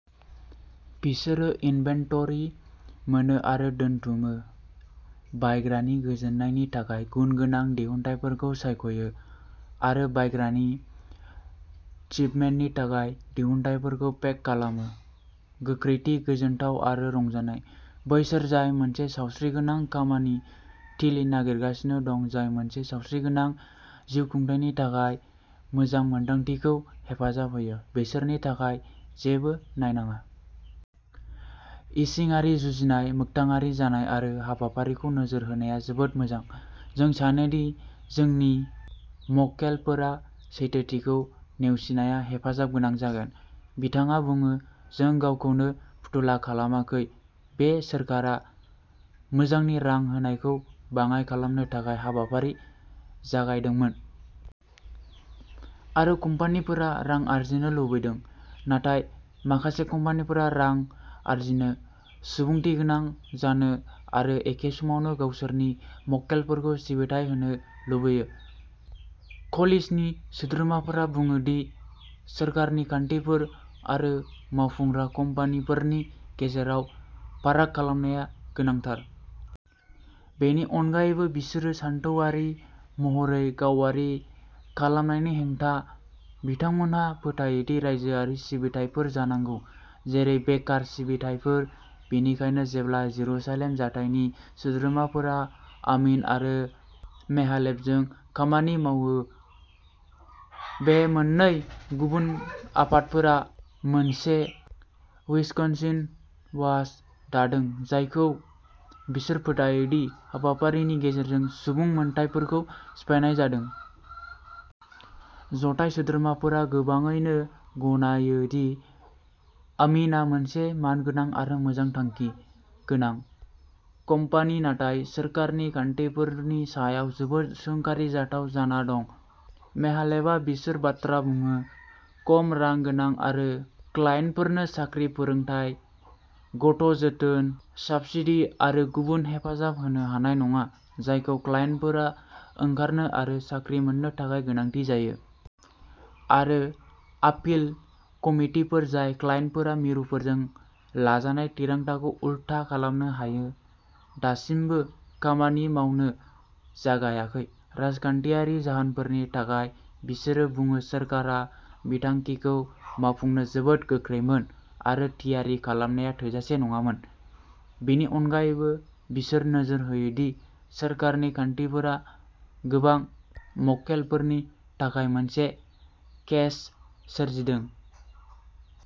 बिसोरो इनभेन्टरि मोनो आरो दोनथुमो, बायग्रानि गोजोननायनि थाखाय गुनगोनां दिहुनथायफोरखौ सायख'यो, आरो बायग्रानि शिपमेन्टनि थाखाय दिहुनथायफोरखौ पेक खालामो। गोख्रैथि, गोजोनथाव, आरो रंजानाय! बैसोर जाय मोनसे सावस्रिगोनां खामानि थिलि नागिरगासिनो दं जाय मोनसे सावस्रिगोनां जिउखुंथायनि थाखाय मोजां मोन्दांथिखौ हेफाजाब होयो, बिसोरनि थाखाय जेबो नायनाङा। इसिङारि जुजिनाय, मोगथाङारि जानाय आरो हाबाफारिखौ नोजोर होनाया जोबोद मोजां। जों सानो दि जोंनि मक्केलफोरा सैथोथिखौ नेवसिनाया हेफाजाब गोनां जागोन। "बिथाङा बुङो," जों गावखौनो फुथुला खालामाखै। बे सोरखारा मोजांनि रां होनायखौ बाङाइ खालामनो थाखाय हाबाफारि जागायदोंमोन। आरो कम्पानिफोरा रां आर्जिनो लुबैदों। नाथाय माखासे कम्पानिफोरा रां आर्जिनो, सुबुंथिगोनां जानो आरो एखे समावनो गावसोरनि मक्केलफोरखौ सिबिथाइ होनो लुबैयो। "क'लिशननि सोद्रोमाफोरा बुङो दि सोरखारनि खान्थिफोर आरो मावफुंग्रा कम्पानिफोरनि गेजेराव फाराग खालामनाया गोनांथार। बेनि अनगायैबो, बिसोरो सानथौआरि महरै गावारि खालामनायनि हेंथा। बिथांमोनहा फोथायोदि रायजोआरि सिबिथायफोर जानांगौ, जेरै बेकार सिबिथायफोर। बेनिखायनो जेब्ला जेरुसालेम जथाइनि सोद्रोमाफोरा आमिन आरो मेहालेभजों खामानि मावो, बे मोननै गुबुन आफादफोरा मोनसे "विस्कन्सिन वाच" दादों जायखौ बिसोर फोथायो दि हाबाफारिनि गेजेरजों सुबुं मोनथायफोरखौ सिफायनाय जादों। जथाइ सोद्रोमाफोरा गोबाङैनो गनायो दि आमिनआ मोनसे मानगोनां आरो मोजां थांखि गोनां कम्पानि, नाथाय सोरखारनि खान्थिफोरनि सायाव जोबोद सोंखारिजाथाव जाना दं। मेहालेभआ, बिसोर बाथ्रा बुङो, खम रां गोनां आरो क्लाइन्टफोरनो साख्रि फोरोंथाय, गथ'जोथोन साब्सिडी आरो गुबुन हेफाजाब होनो हानाय नङा, जायखौ क्लाइन्टफोरा ओंखारनो आरो साख्रि मोन्नो थाखाय गोनांथि जायो। आरो आपिल कमिटिफोर, जाय क्लाइन्टफोरा मिरुफोरजों लाजानाय थिरांथाखौ उलथा खालामनो हायो, दासिमबो खामानि मावनो जागायाखै। राजखान्थियारि जाहोनफोरनि थाखाय, बिसोरो बुङो, सोरखारा बिथांखिखौ मावफुंनो जोबोद गोख्रैमोन, आरो थियारि खालामनाया थोजासे नङामोन। बेनि अनगायैबो, बिसोर नोजोर होयो दि, सोरखारनि खान्थिफोरा गोबां मक्केलफोरनि थाखाय मोनसे केच- सोरजिदों।